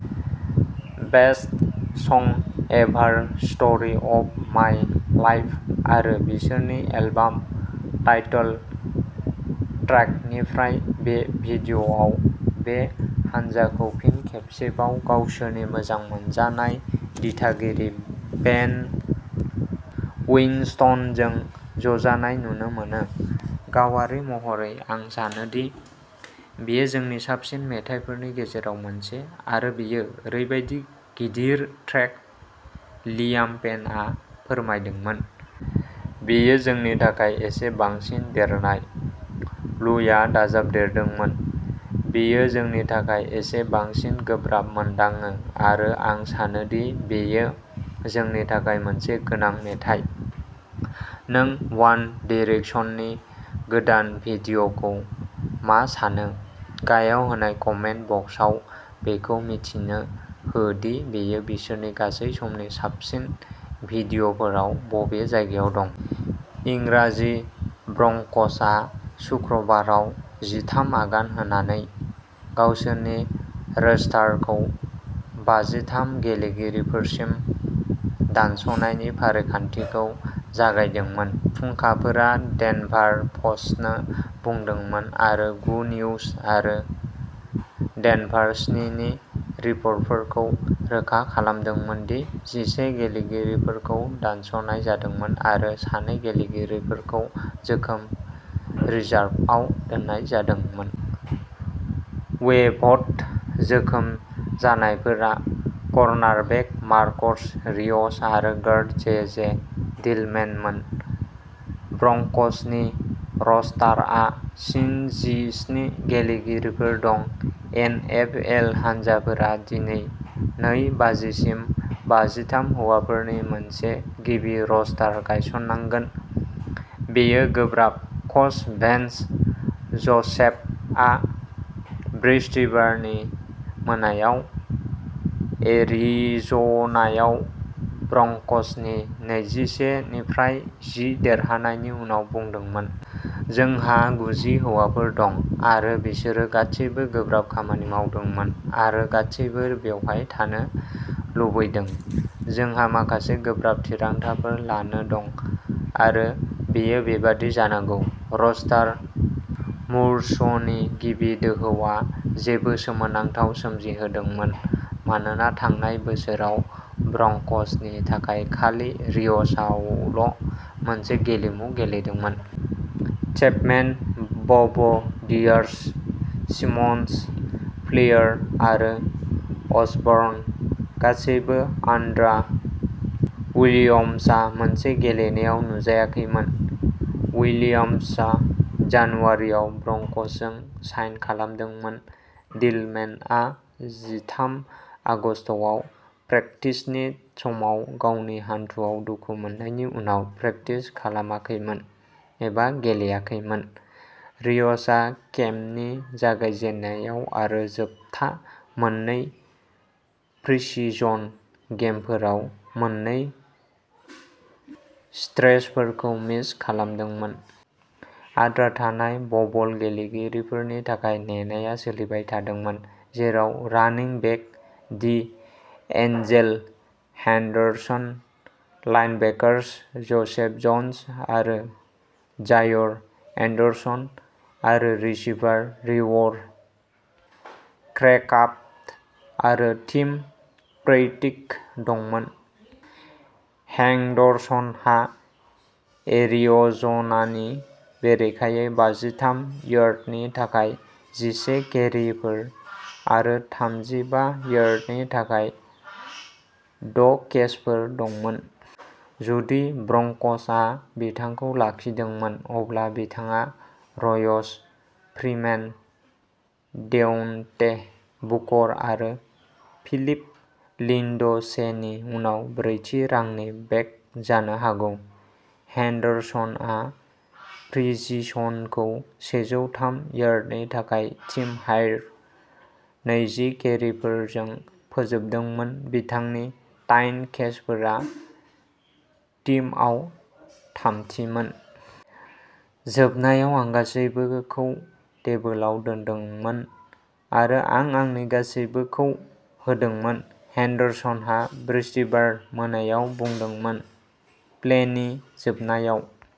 Best song ever story of my लाइफ'आरो बिसोरनि album title ट्रेकनिफ्राय। बे भिडिय'आव बे हानजाखौ फिन खेबसेबाव गावसोरनि मोजां मोनजानाय दिथागिरि बेन उइनस्टनजों ज'जानाय नुनो मोनो। "गावारि महरै, आं सानोदि बेयो जोंनि साबसिन मेथाइफोरनि गेजेराव मोनसे आरो बेयो ओरैबायदि गिदिर ट्रेक", लियाम पेनआ फोरमायदोंमोन। "बेयो जोंनि थाखाय एसे बांसिन देरनाय।" लुइआ दाजाबदेरदोंमोनः "बेयो जोंनि थाखाय एसे बांसिन गोब्राब मोनदाङो आरो आं सानोदि बेयो जोंनि थाखाय मोनसे गोनां मेथाइ।" नों वान डिरेकसननि गोदान भिडिय'खौ मा सानो? गाहायाव होनाय कमेन्ट बक्सआव बेखौ मिथिनो हो दि बेयो बिसोरनि गासै समनि साबसिन भिडिय'फोराव बबे जायगायाव दं। इंराजि-ब्रंक'सआ सुक्रुबाराव जिथाम आगान होनानै गावसोरनि रोस्टारखौ बाजिथाम गेलेगिरिफोरसिम दानस'नायनि फारिखान्थिखौ जागायदोंमोन। फुंखाफोरा डेनभार प'स्टनो बुंदोंमोन आरो गु निउज आरो डेनभार स्नि नि रिपर्टफोरखौ रोखा खालामदोंमोन दि जिसे गेलेगिरिफोरखौ दानस'नाय जादोंमोन आरो सानै गेलेगिरिफोरखौ जोखोम रिजार्भआव दोननाय जादोंमोन। वेइभ्ड-जोखोम जानायफोरा कर्नारबेक मार्कस रिय'स आरो गार्ड जे. जे. डिलमेन मोन। ब्रंक'सनि रस्टारआ स्निजिस्नि गेलेगिरिफोर दं। एनएफएल हानजाफोरा दिनै नै बाजिसिम बाजिथाम हौवाफोरनि मोनसे गिबि रस्टार गायसननांगोन। "बेयो गोब्राब", कच भेन्स ज'सेफआ बृहस्पतिबारनि मोनायाव एरिज'नायाव ब्रंक'सनि नैजिसे निफ्राय जि देरहानायनि उनाव बुंदोंमोन। "जोंहा गुजि हौवाफोर दं आरो बिसोरो गासैबो गोब्राब खामानि मावदोंमोन आरो गासैबो बेवहाय थानो लुबैदों। जोंहा माखासे गोब्राब थिरांथाफोर लानो दं आरो बेयो बेबादि जानांगौ।" रस्टार मूव्सनि गिबि दोहौआ जेबो सोमोनांथाव सोमजिहोदोंमोन मानोना थांनाय बोसोराव ब्रंक'सनि थाखाय खालि रिय'सआल'मोनसे गेलेमु गेलेदोंमोन। चेपमेन, ब'ब', डियार्स, सिमन्स, फ्लियर आरो असबर्न गासैबो आनड्रा विलियम्सा मोनसे गेलेनायाव नुजायाखैमोन। उइलियाम्सा जानुवारियाव ब्रंकसजों साइन खालामदोंमोन। डिलमेनआ जिथाम आगस्तआव प्रेकटिसनि समाव गावनि हान्थुआव दुखु मोननायनि उनाव प्रेकटिस खालामाखैमोन एबा गेलेयाखैमोन। रिय'सआ केम्पनि जागायजेन्नायाव आरो जोबथा मोन्नै प्रिसिजन गेमफोराव मोन्नै स्ट्रेचफोरखौ मिस खालामदोंमोन। आद्रा थानाय बबल गेलेगिरिफोरनि थाखाय नेनाया सोलिबाय थादोंमोन, जेराव running back D'Angelo Henderson, linebackers Joseph Jones आरो जायर एंडरसन आरो रिसीभार रिवर क्रेक्राफ्ट आरो टिम पैट्रिक दंमोन। हेंडरसनहा एरिज'नानि बेरेखायै बाजिथाम यार्डनि थाखाय जिसे केरिफोर आरो थामजिबा यार्डनि थाखाय द'केचफोर दंमोन। जुदि ब्रंकसआ बिथांखौ लाखिदोंमोन, अब्ला बिथाङा रयस फ्रीमेन, डेवन्टे बुकर आरो फिलिप लिंडसेनि उनाव ब्रैथि रानिं बेक जानो हागौ। हेंडरसनआ प्रिसिजनखौ सेजौ थाम यार्डनि थाखाय टीम-हाई नैजि केरिफोरजों फोजोबदोंमोन। बिथांनि दाइन केचफोरा टीमआव थामथिमोन। "जोबनायाव, आं गासैबोखौ टेबोलाव दोनदोंमोन आरो आं आंनि गासैबोखौ होदोंमोन", हेंडरसनआ बृहस्पतिबार मोनायाव बुंदोंमोन प्लेनि जोबनायाव।